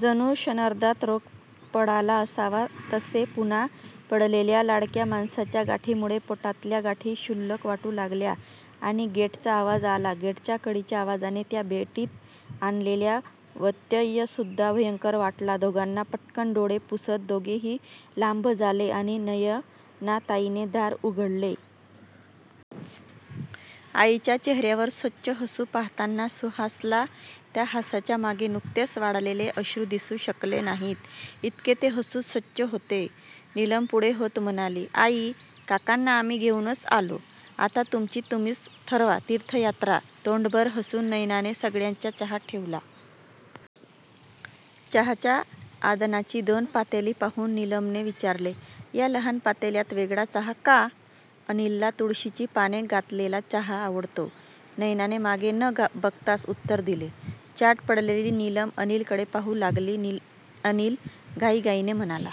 जणू क्षणार्धात रोग पळाला असावा तसे! पुन्हा पडलेल्या लाडक्या माणसाच्या गाठीमुळे पोटातल्या गाठी क्षुल्लक वाटू लागल्या. आणि गेटचा आवाज आला. गेटच्या कडीच्या आवाजाने त्या भेटीत आणलेला व्यत्ययसुद्धा भयंकर वाटला दोघांना! पटकन् डोळे पुसत दोघेही लांब झाले आणि नयनाताईंनी दार उघडले. आईच्या चेहर्यावर स्वच्छ हसू पाहताना सुहासला त्या हासाच्या मागे नुकतेच वाळलेले अश्रू दिसू शकले नाहीत, इतके ते हसू स्वच्छ होते. निलम पुढे होत म्हणाली. "आई, काकांना आम्ही घेऊनच आलो. आता तुमची तुम्हीच ठरवा तीर्थयात्रा"तोंडभर हसून नयनाने सगळ्यांचा चहा ठेवला. चहाच्या आधणाची दोन पातेली पाहून निलमने विचारले. ह्या लहान पातेल्यात वेगळा चहा का? ""अनिलला तुळशीची पाने घातलेला चहा आवडतो"नयनाने मागे न बघताच उत्तर दिले. चाट पडलेली निलम अनिलकडे पाहू लागली. अनिल घाईघाईने म्हणाला.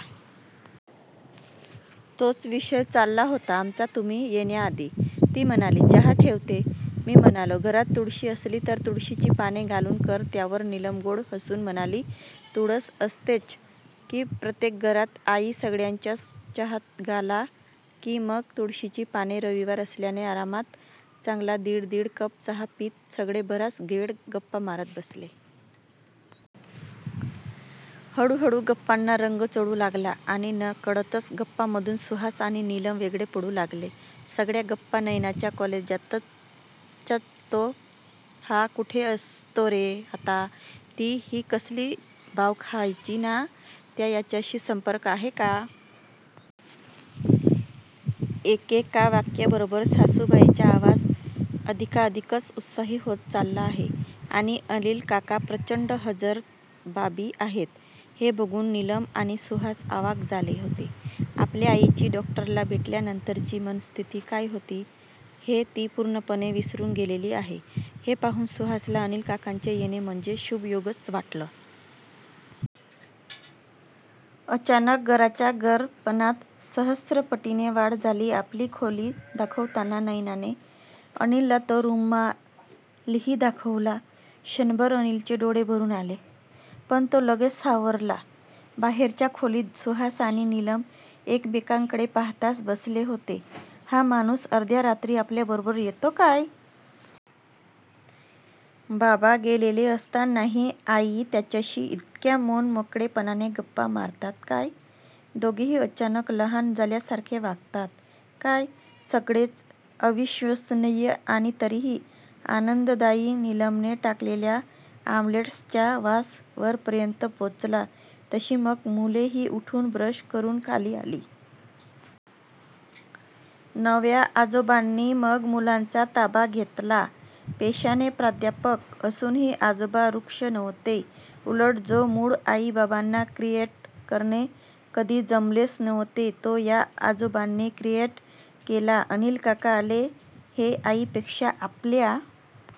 "तोच विषय चालला होता आमचा तुम्ही येण्याआधी! ती म्हणाली चहा ठेवते, मी म्हणालो घरात तुळशी असली तर तुळशीची पाने घालून कर"त्यावर निलम गोड हसून म्हणाली. "तुळस असतेच की प्रत्येक घरात. आई, सगळ्यांच्याच चहात घाला की मग तुळशीची पाने"रविवार असल्याने आरामात चांगला दिड दिड कप चहा पीत सगळे बराच वेळ गप्पा मारत बसले. हळूहळू गप्पांना रंग चढू लागला आणि नकळतच गप्पांमधून सुहास आणि निलम वेगळे पडू लागले. सगळ्या गप्पा नयनाच्या कॉलेजच्याच! तो हा कुठे असतो रे आता? ती ही कसली भाव खायची ना? त्या ह्याच्याशी संपर्क आहे का? एकेका वाक्याबरोबर सासूबाईंचा आवाज अधिकाधिकच उत्साही होत चालला आहे आणि अनिलकाका प्रचंड हजरजबाबी आहेत हे बघून निलम आणि सुहास अवाक झाले होते. आपल्या आईची डॉक्टरला भेटल्यानंतरची मनस्थिती काय होती हे ती पूर्णपणे विसरून गेलेली आहे हे पाहून सुहासला अनिल काकांचे येणे म्हणजे शुभयोगच वाटला. अचानक 'घराच्या घरपणात' सहस्त्रपटींनी वाढ झाली. आपली खोली दाखवताना नयनाने अनिलला तो रुमालही दाखवला. क्षणभर अनिलचे डोळे भरून आले. पण तो लगेच सावरला. बाहेरच्या खोलीत सुहास आणि निलम एकमेकांकडे पाहातच बसले होते. हा माणूस अर्ध्या रात्री आपल्याबरोबर येतो काय? बाबा गेलेले असतानाही आई त्याच्याशी इतक्या मनमोकळेपणाने गप्पा मारतात काय? दोघेही अचानक लहान झाल्यासारखे वागतात काय! सगळेच अविश्वसनीय आणि तरीही आनंददायी! निलमने टाकलेल्या ऑम्लेट्सचा वास वरपर्यंत पोचला तशी मग मुलेही उठून, ब्रश करून खाली आली. नव्या आजोबांनी मग मुलांचा ताबा घेतला. पेशाने प्राध्यापक असूनही आजोबा रुक्ष नव्हते. उलट जो मूड आई बाबांना क्रिएट करणे कधी जमलेच नव्हते तो ह्या आजोबांनी क्रिएट केला. अनिल काका आले हे आईंपेक्षा आपल्या